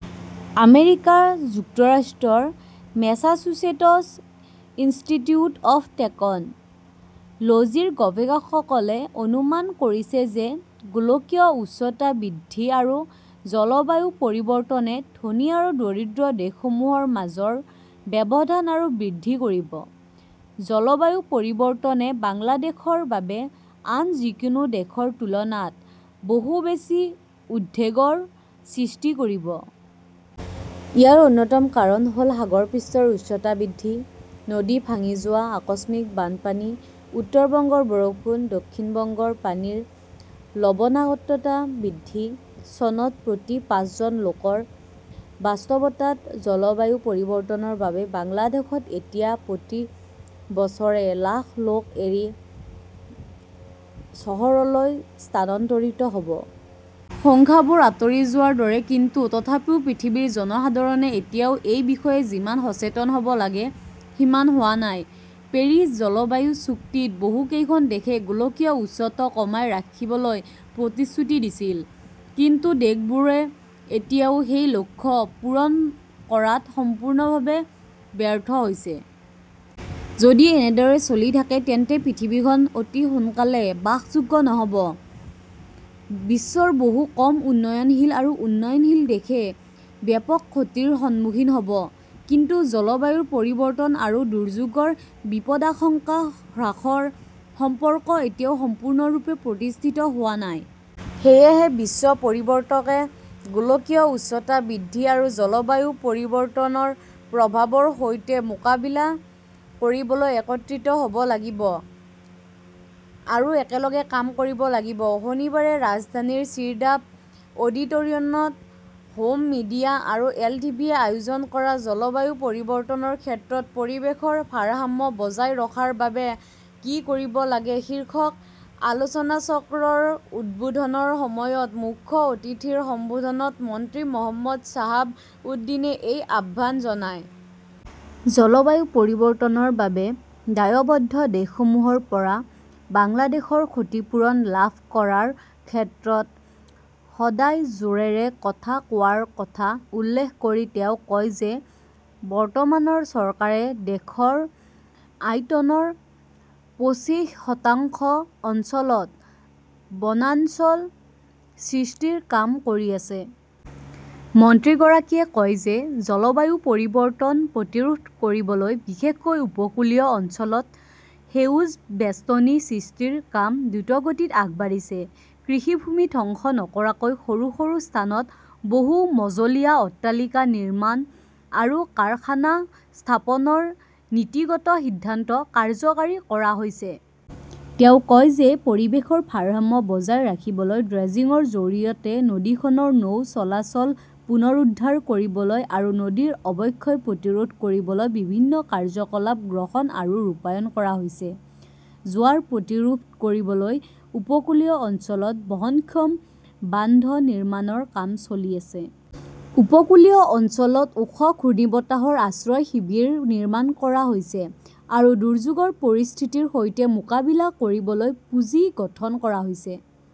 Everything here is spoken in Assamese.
আমেৰিকা যুক্তৰাষ্ট্ৰৰ মেছাচুচেটছ ইনষ্টিটিউট অৱ টেকন' লজিৰ গৱেষকসকলে অনুমান কৰিছে যে গোলকীয় উষ্ণতা বৃদ্ধি আৰু জলবায়ু পৰিৱৰ্তনে ধনী আৰু দৰিদ্ৰ দেশসমূহৰ মাজৰ ব্যৱধান আৰু বৃদ্ধি কৰিব। জলবায়ু পৰিৱৰ্তনে বাংলাদেশৰ বাবে আন যিকোনো দেশৰ তুলনাত বহু বেছি উদ্বেগৰ সৃষ্টি কৰিব। ইয়াৰ অন্যতম কাৰণ হ'ল সাগৰপৃষ্ঠৰ উচ্চতা বৃদ্ধি, নদী ভাঙি যোৱা, আকস্মিক বানপানী, উত্তৰ বংগৰ বৰষুণ, দক্ষিণ বংগৰ পানীৰ লবণাক্ততা বৃদ্ধি, চনত প্ৰতি পাঁচজন লোকৰ বাস্তৱতাত জলবায়ু পৰিৱৰ্তনৰ বাবে বাংলাদেশত এতিয়া প্ৰতি বছৰে লাখ লোক গাঁৱ এৰি চহৰলৈ স্থানান্তৰিত হ' ব। সংখ্যাবোৰ আতৰি যোৱাৰ দৰে। কিন্তু তথাপিও পৃথিৱীৰ জনসাধাৰণে এতিয়াও এই বিষয়ে যিমান সচেতন হ'ব লাগে সিমান হোৱা নাই। পেৰিছ জলবায়ু চুক্তিত বহু কেইখন দেশে গোলকীয় উষ্ণত কমাই ৰাখিবলৈ প্ৰতিশ্ৰুতি দিছিল। কিন্তু দেশবোৰে এতিয়াও সেই লক্ষ্য পূৰণ কৰাত সম্পূৰ্ণভাৱে ব্যৰ্থ হৈছে। যদি এনেদৰে চলি থাকে তেন্তে পৃথিৱীখন অতি সোনকালে বাসযোগ্য নহ'ব। বিশ্বৰ বহু কম উন্নয়নশীল আৰু উন্নয়নশীল দেশে ব্যাপক ক্ষতিৰ সন্মুখীন হ'ব। কিন্তু জলবায়ু পৰিৱৰ্তন আৰু দুৰ্যোগৰ বিপদাশংকা হ্ৰাসৰ সম্পৰ্ক এতিয়াও সম্পূৰ্ণৰূপে প্ৰতিষ্ঠিত হোৱা নাই। সেয়েহে বিশ্ব পৰিৱৰ্তকে গোলকীয় উষ্ণতা বৃদ্ধি আৰু জলবায়ু পৰিৱৰ্তনৰ প্ৰভাৱৰ সৈতে মোকাবিলা কৰিবলৈ একত্ৰিত হ'ব লাগিব আৰু একেলগে কাম কৰিব লাগিব। শনিবাৰে ৰাজধানীৰ ছিৰডাপ অডিটৰিয়নত হোম মিডিয়া আৰু এলটিভিয়ে আয়োজন কৰা 'জলবায়ু পৰিৱৰ্তনৰ ক্ষেত্ৰত পৰিৱেশৰ ভাৰসাম্য বজাই ৰখাৰ বাবে কি কৰিব লাগে শীৰ্ষক আলোচনাচক্ৰৰ উদ্বোধনৰ সময়ত মুখ্য অতিথিৰ সম্বোধনত মন্ত্ৰী মহম্মদ চাহাব উদ্দিনে এই আহ্বান জনায়। জলবায়ু পৰিৱৰ্তনৰ বাবে দায়বদ্ধ দেশসমূহৰ পৰা বাংলাদেশৰ ক্ষতিপূৰণ লাভ কৰাৰ ক্ষেত্ৰত সদায় জোৰেৰে কথা কোৱাৰ কথা উল্লেখ কৰি তেওঁ কয় যে, বৰ্তমানৰ চৰকাৰে দেশৰ আয়তনৰ পঁচিশ শতাংশ অঞ্চলত বনাঞ্চল সৃষ্টিৰ কাম কৰি আছে। মন্ত্ৰীগৰাকীয়ে কয় যে, জলবায়ু পৰিৱৰ্তন প্ৰতিৰোধ কৰিবলৈ বিশেষকৈ উপকূলীয় অঞ্চলত সেউজ বেষ্টনী সৃষ্টিৰ কাম দ্ৰুতগতিত আগবাঢ়িছে। কৃষিভূমি ধ্বংস নকৰাকৈ সৰু সৰু স্থানত বহু-মজলীয়া অট্টালিকা নিৰ্মাণ আৰু কাৰখানা স্থাপনৰ নীতিগত সিদ্ধান্ত কাৰ্যকৰী কৰা হৈছে। তেওঁ কয় যে পৰিৱেশৰ ভাৰসাম্য বজাই ৰাখিবলৈ ড্ৰেজিংৰ জৰিয়তে নদীখনৰ নৌ চলাচল পুনৰুদ্ধাৰ কৰিবলৈ আৰু নদীৰ অৱক্ষয় প্ৰতিৰোধ কৰিবলৈ বিভিন্ন কাৰ্যকলাপ গ্ৰহণ আৰু ৰূপায়ণ কৰা হৈছে। জোৱাৰ প্ৰতিৰোধ কৰিবলৈ উপকূলীয় অঞ্চলত বহনক্ষম বান্ধ নিৰ্মাণৰ কাম চলি আছে। উপকূলীয় অঞ্চলত ওখ ঘূৰ্ণীবতাহৰ আশ্ৰয় শিবিৰ নিৰ্মাণ কৰা হৈছে আৰু দুৰ্যোগৰ পৰিস্থিতিৰ সৈতে মোকাবিলা কৰিবলৈ পুঁজি গঠন কৰা হৈছে।